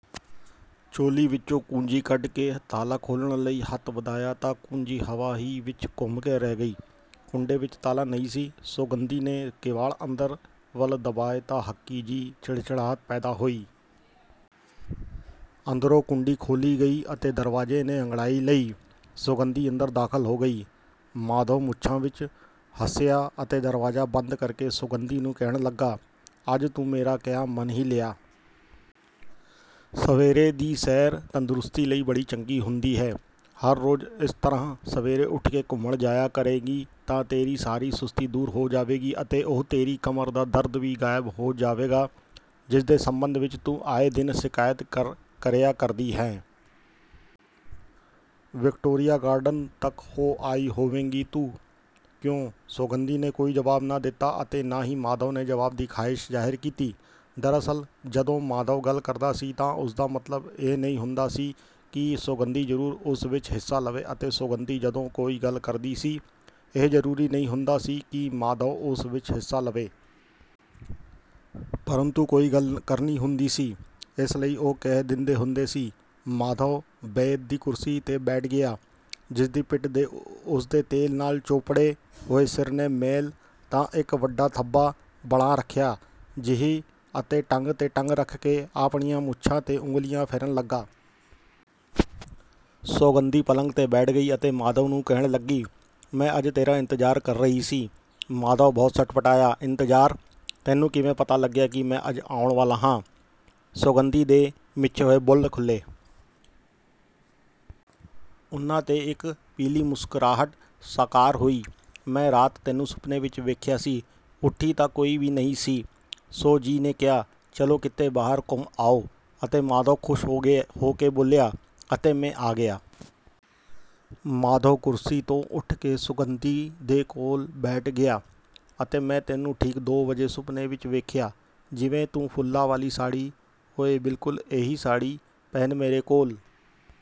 ਚੋਲੀ ਵਿੱਚੋਂ ਕੁੰਜੀ ਕੱਢ ਕੇ ਤਾਲਾ ਖੋਲ੍ਹਣ ਲਈ ਹੱਥ ਵਧਾਇਆ ਤਾਂ ਕੁੰਜੀ ਹਵਾ ਹੀ ਵਿੱਚ ਘੁੰਮ ਕੇ ਰਹਿ ਗਈ। ਕੁੰਡੇ ਵਿੱਚ ਤਾਲਾ ਨਹੀਂ ਸੀ। ਸੌਗੰਧੀ ਨੇ ਕਿਵਾੜ ਅੰਦਰ ਵੱਲ ਦਬਾਏ ਤਾਂ ਹਕੀ ਜਿਹੀ ਚਿੜਚਿੜਾਹਟ ਪੈਦਾ ਹੋਈ। ਅੰਦਰੋਂ ਕੁੰਡੀ ਖੋਲ੍ਹੀ ਗਈ ਅਤੇ ਦਰਵਾਜ਼ੇ ਨੇ ਅੰਗੜਾਈ ਲਈ, ਸੌਗੰਧੀ ਅੰਦਰ ਦਾਖ਼ਲ ਹੋ ਗਈ। ਮਾਧਵ ਮੁੱਛਾਂ ਵਿੱਚ ਹੱਸਿਆ ਅਤੇ ਦਰਵਾਜ਼ਾ ਬੰਦ ਕਰਕੇ ਸੌਗੰਧੀ ਨੂੰ ਕਹਿਣ ਲੱਗਾ, "ਅੱਜ ਤੂੰ ਮੇਰਾ ਕਿਹਾ ਮੰਨ ਹੀ ਲਿਆ। ਸਵੇਰੇ ਦੀ ਸੈਰ ਤੰਦੁਰੁਸਤੀ ਲਈ ਬੜੀ ਚੰਗੀ ਹੁੰਦੀ ਹੈ। ਹਰ ਰੋਜ਼ ਇਸ ਤਰ੍ਹਾਂ ਸਵੇਰੇ ਉਠ ਕੇ ਘੁੰਮਣ ਜਾਇਆ ਕਰੇਗੀ ਤਾਂ ਤੇਰੀ ਸਾਰੀ ਸੁਸਤੀ ਦੂਰ ਹੋ ਜਾਵੇਗੀ ਅਤੇ ਉਹ ਤੇਰੀ ਕਮਰ ਦਾ ਦਰਦ ਵੀ ਗ਼ਾਇਬ ਹੋ ਜਾਵੇਗਾ, ਜਿਸਦੇ ਸੰਬੰਧ ਵਿੱਚ ਤੂੰ ਆਏ ਦਿਨ ਸ਼ਿਕਾਇਤ ਕਰਿਆ ਕਰਦੀ ਹੈਂ। ਵਿਕਟੋਰੀਆ ਗਾਰਡਨ ਤੱਕ ਹੋ ਆਈ ਹੋਵੇਂਗੀ ਤੂੰ, ਕਿਉਂ?" ਸੌਗੰਧੀ ਨੇ ਕੋਈ ਜਵਾਬ ਨਾ ਦਿੱਤਾ ਅਤੇ ਨਾ ਹੀ ਮਾਧਵ ਨੇ ਜਵਾਬ ਦੀ ਖ਼ਾਹਿਸ਼ ਜ਼ਾਹਿਰ ਕੀਤੀ। ਦਰਅਸਲ, ਜਦੋਂ ਮਾਧਵ ਗੱਲ ਕਰਦਾ ਸੀ ਤਾਂ ਉਸਦਾ ਮਤਲਬ ਇਹ ਨਹੀਂ ਹੁੰਦਾ ਸੀ ਕਿ ਸੌਗੰਧੀ ਜ਼ਰੂਰ ਉਸ ਵਿੱਚ ਹਿੱਸਾ ਲਵੇ ਅਤੇ ਸੌਗੰਧੀ ਜਦੋਂ ਕੋਈ ਗੱਲ ਕਰਦੀ ਸੀ, ਇਹ ਜ਼ਰੂਰੀ ਨਹੀਂ ਹੁੰਦਾ ਸੀ ਕਿ ਮਾਧਵ ਉਸ ਵਿੱਚ ਹਿੱਸਾ ਲਵੇ। ਪ੍ਰੰਤੂ ਕੋਈ ਗੱਲ ਕਰਨੀ ਹੁੰਦੀ ਸੀ, ਇਸ ਲਈ ਉਹ ਕਹਿ ਦਿੰਦੇ ਹੁੰਦੇ ਸੀ। ਮਾਧਵ ਬੇਦ ਦੀ ਕੁਰਸੀ ਤੇ ਬੈਠ ਗਿਆ, ਜਿਸਦੀ ਪਿਠ ਤੇ ਉਸਦੇ ਤੇਲ ਨਾਲ਼ ਚੋਪੜੇ ਹੋਏ ਸਿਰ ਨੇ ਮੈਲ ਦਾ ਇੱਕ ਵੱਡਾ ਧੱਬਾ ਬਣਾ ਰੱਖਿਆ ਜਿਹੀ ਅਤੇ ਟੰਗ ਤੇ ਟੰਗ ਰੱਖ ਕੇ ਆਪਣੀਆਂ ਮੁੱਛਾਂ ਤੇ ਉਂਗਲੀਆਂ ਫੇਰਨ ਲਗਾ। ਸੌਗੰਧੀ ਪਲੰਗ ਤੇ ਬੈਠ ਗਈ ਅਤੇ ਮਾਧਵ ਨੂੰ ਕਹਿਣ ਲੱਗੀ, "ਮੈਂ ਅੱਜ ਤੇਰਾ ਇੰਤਜ਼ਾਰ ਕਰ ਰਹੀ ਸੀ।" ਮਾਧਵ ਬਹੁਤ ਸਟਪਟਾਇਆ, "ਇੰਤਜ਼ਾਰ? ਤੈਨੂੰ ਕਿਵੇਂ ਪਤਾ ਲੱਗਿਆ ਕਿ ਮੈਂ ਅੱਜ ਆਉਣ ਵਾਲਾ ਹਾਂ?" ਸੌਗੰਧੀ ਦੇ ਮਿਚੇ ਹੋਏ ਬੁੱਲ੍ਹ ਖੁੱਲੇ। ਭਈ, ਵੱਡੇ ਲੋਕਾਂ ਦੀਆਂ ਗੱਲਾਂ ਬੜੀਆਂ ਪੱਕੀਆਂ ਹੁੰਦੀਆਂ ਹਨ। ਕਿਸੇ ਨੇ ਠੀਕ ਕਿਹਾ ਹੈ, ਦਿਲਾਂ ਨੂੰ ਦਿਲਾਂ ਦੀ ਰਾਹ ਹੁੰਦੀ ਹੈ। ਤੂੰ ਇਹ ਸੁਫ਼ਨਾ ਕਦੋਂ ਵੇਖਿਆ ਸੀ?" ਸੌਗੰਧੀ ਨੇ ਜਵਾਬ ਦਿੱਤਾ, "ਚਾਰ ਵਜੇ ਦੇ ਕਰੀਬ।" ਮਾਧਵ ਕੁਰਸੀ ਤੋਂ ਉੱਠ ਕੇ ਸੌਗੰਧੀ ਦੇ ਕੋਲ ਬੈਠ ਗਿਆ, "ਅਤੇ ਮੈਂ ਤੈਨੂੰ ਠੀਕ ਦੋ ਵਜੇ ਸੁਪਨੇ ਵਿੱਚ ਵੇਖਿਆ। ਜਿਵੇਂ ਤੂੰ ਫੁੱਲਾਂ ਵਾਲੀ ਸਾੜ੍ਹੀ। ਓਏ, ਬਿਲਕੁਲ ਇਹੀ ਸਾੜ੍ਹੀ ਪਹਿਨ ਮੇਰੇ ਕੋਲ